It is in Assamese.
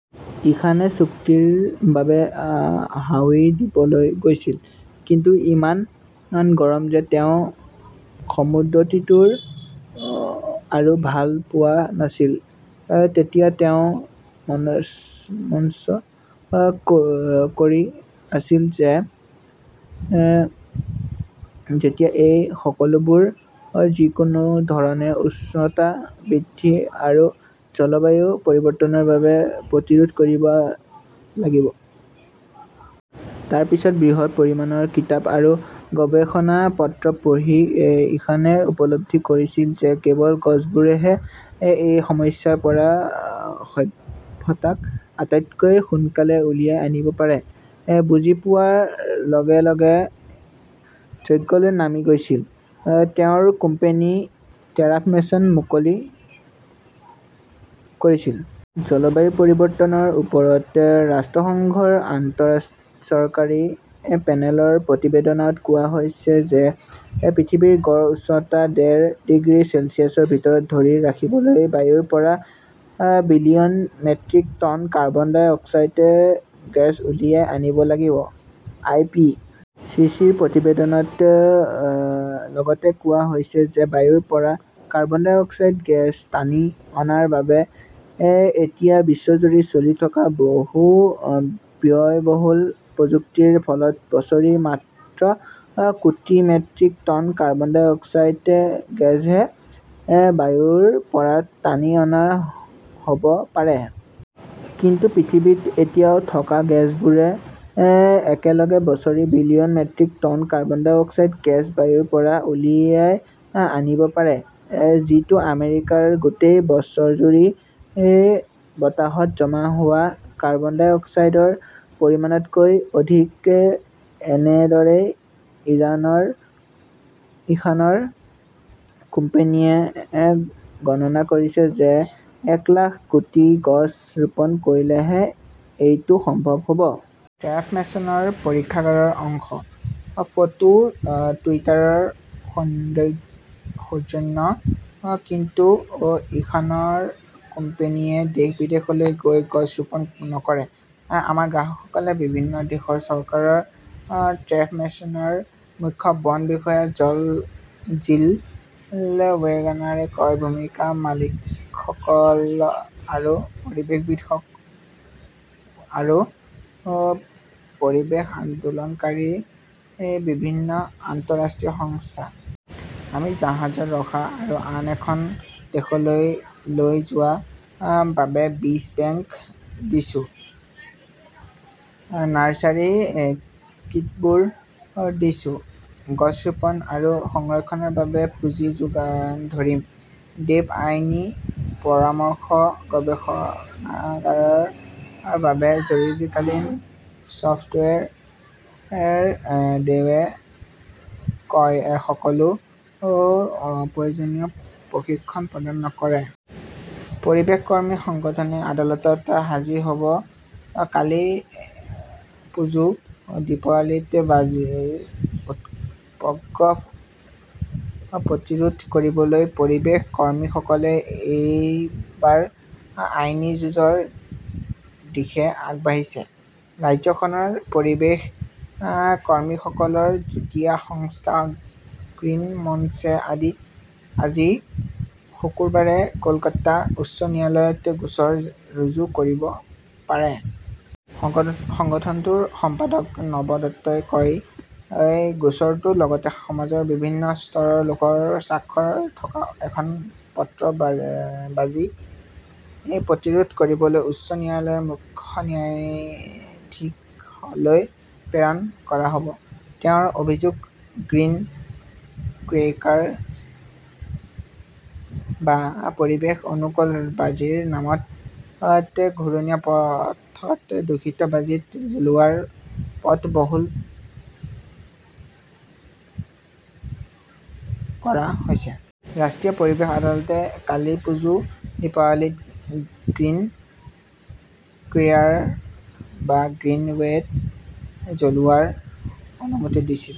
ইশানে ছুটীৰ বাবে হাউই দ্বীপলৈ গৈছিল। কিন্তু ইমান গৰম যে তেওঁ সমুদ্ৰতীৰটো আৰু ভাল পোৱা নাছিল। তেতিয়া তেওঁ মনস্থ কৰি লৈছিল যে যেতিয়া এই সকলোবোৰ, যিকোনো ধৰণে, উষ্ণতা বৃদ্ধি আৰু জলবায়ু পৰিৱৰ্তনৰ বাবে প্ৰতিৰোধ কৰিব লাগিব। তাৰ পিছত বৃহৎ পৰিমাণৰ কিতাপ আৰু গৱেষণা পত্ৰ পঢ়ি ইশানে উপলব্ধি কৰিছিল যে কেৱল গছবোৰেহে এই সমস্যাৰ পৰা সভ্যতাক আটাইতকৈ সোনকালে উলিয়াই আনিব পাৰে। বুজি পোৱাৰ লগে - লগে যজ্ঞলৈ নামি গৈছিল। তেওঁৰ কোম্পানী টেৰাফৰ্মেচন মুকলি কৰিছিল। জলবায়ু পৰিৱৰ্তনৰ ওপৰত ৰাষ্ট্ৰসংঘৰ আন্তঃচৰকাৰী পেনেলৰ প্ৰতিবেদনত কোৱা হৈছে যে পৃথিৱীৰ গড় উষ্ণতা ডেৰ ডিগ্ৰী চেলছিয়াছৰ ভিতৰত ধৰি ৰাখিবলৈ বায়ুৰ পৰা billion metric ton carbon dioxide gas উলিয়াই আনিব লাগিব। আই. পি. চি. চি.ৰ প্ৰতিবেদনত লগতে কোৱা হৈছে যে বায়ুৰ পৰা কাৰ্বন ডাই অক্সাইড গেছ টানি অনাৰ বাবে এতিয়া বিশ্বজুৰি চলি থকা বহু ব্যয়বহুল প্ৰযুক্তিৰ ফলত বছৰি মাত্ৰ কোটি metric ton carbon dioxide গেছহে বায়ুৰ পৰা টানি অনা হ 'ব পাৰে। কিন্তু পৃথিৱীত এতিয়াও থকা গছবোৰে একেলগে বছৰি billion metric ton carbon dioxide gas বায়ুৰ পৰা উলিয়াই আনিব পাৰে। যিটো আমেৰিকাৰ গোটেই বছৰজুৰি বতাহত জমা হোৱা কাৰ্বন ডাই অক্সাইডৰ পৰিমাণতকৈ অধিক। এনেদৰেই ইশানৰ কোম্পানীয়ে গণনা কৰিছে যে এক লাখ কোটি গছ ৰোপণ কৰিলেহে এইটো সম্ভৱ হ'ব। টেৰাফৰ্মেচনৰ পৰীক্ষাগাৰৰ অংশ। ফটো-টুইটাৰৰ সৌজন্যে। কিন্তু ইশানৰ কোম্পানীয়ে দেশ-বিদেশলৈ গৈ গছ ৰোপণ নকৰে। আমাৰ গ্ৰাহকসকল বিভিন্ন দেশৰ চৰকাৰ, টেৰাফৰ্মেচনৰ মুখ্য বন বিষয়া জিল ৱেগনাৰে কয়। ভূমিৰ মালিকসকল আৰু পৰিৱেশবিদ আৰু পৰিৱেশ আন্দোলনকাৰী বিভিন্ন আন্তঃৰাষ্ট্ৰীয় সংস্থা। আমি জাহাজত ৰখা আৰু আন এখন দেশলৈ লৈ যোৱাৰ বাবে বীজ বেংক দিছো। নাৰ্চাৰী কিটবোৰ দিছো। গছ ৰোপণ আৰু সংৰক্ষণৰ বাবে পুঁজি যোগান ধৰিম। দেৱ আইনী পৰামৰ্শ, গৱেষণাগাৰৰ বাবে জৰুৰীকালীন চফ্টৱেৰ। দেৱেও সকলো প্ৰয়োজনীয় প্ৰশিক্ষণ প্ৰদান কৰে। পৰিৱেশ কৰ্মী সংগঠনে আদালতত হাজিৰ হ'ব কালীপুজো, দীপাৱলীত বাজিৰ উপদ্ৰৱ প্ৰতিৰোধ কৰিবলৈ পৰিৱেশ কৰ্মীসকলে এইবাৰ আইনী যুঁজৰ দিশে আগবাঢ়িছে। ৰাজ্যখনৰ পৰিৱেশ কৰ্মীসকলৰ যুটীয়া সংস্থা গ্ৰীণ মঞ্চে আজি, শুক্ৰবাৰে কলকাতা উচ্চ ন্যায়ালয়ত গোচৰ ৰুজু কৰিব পাৰে। সংগঠনটোৰ সম্পাদক নব দত্তই কয়, গোচৰটোৰ লগতে সমাজৰ বিভিন্ন স্তৰৰ লোকৰ স্বাক্ষৰ থকা এখন পত্ৰ বাজি প্ৰতিৰোধ কৰিবলৈ উচ্চ ন্যায়ালয়ৰ মুখ্য ন্যায়াধীশলৈ প্ৰেৰণ কৰা হ'ব। তেওঁৰ অভিযোগ, গ্ৰীণ ক্ৰেকাৰ বা পৰিৱেশ অনুকূল বাজিৰ নামত ঘূৰণীয়া পথত দূষিত বাজি জ্বলোৱাৰ পথ বহল কৰা হৈছে। ৰাষ্ট্ৰীয় পৰিৱেশ আদালতে কালীপুজো, দীপাৱলীত গ্ৰীণ ক্ৰেকাৰ বা গ্ৰীণ বেট জ্বলোৱাৰ অনুমতি দিছিল।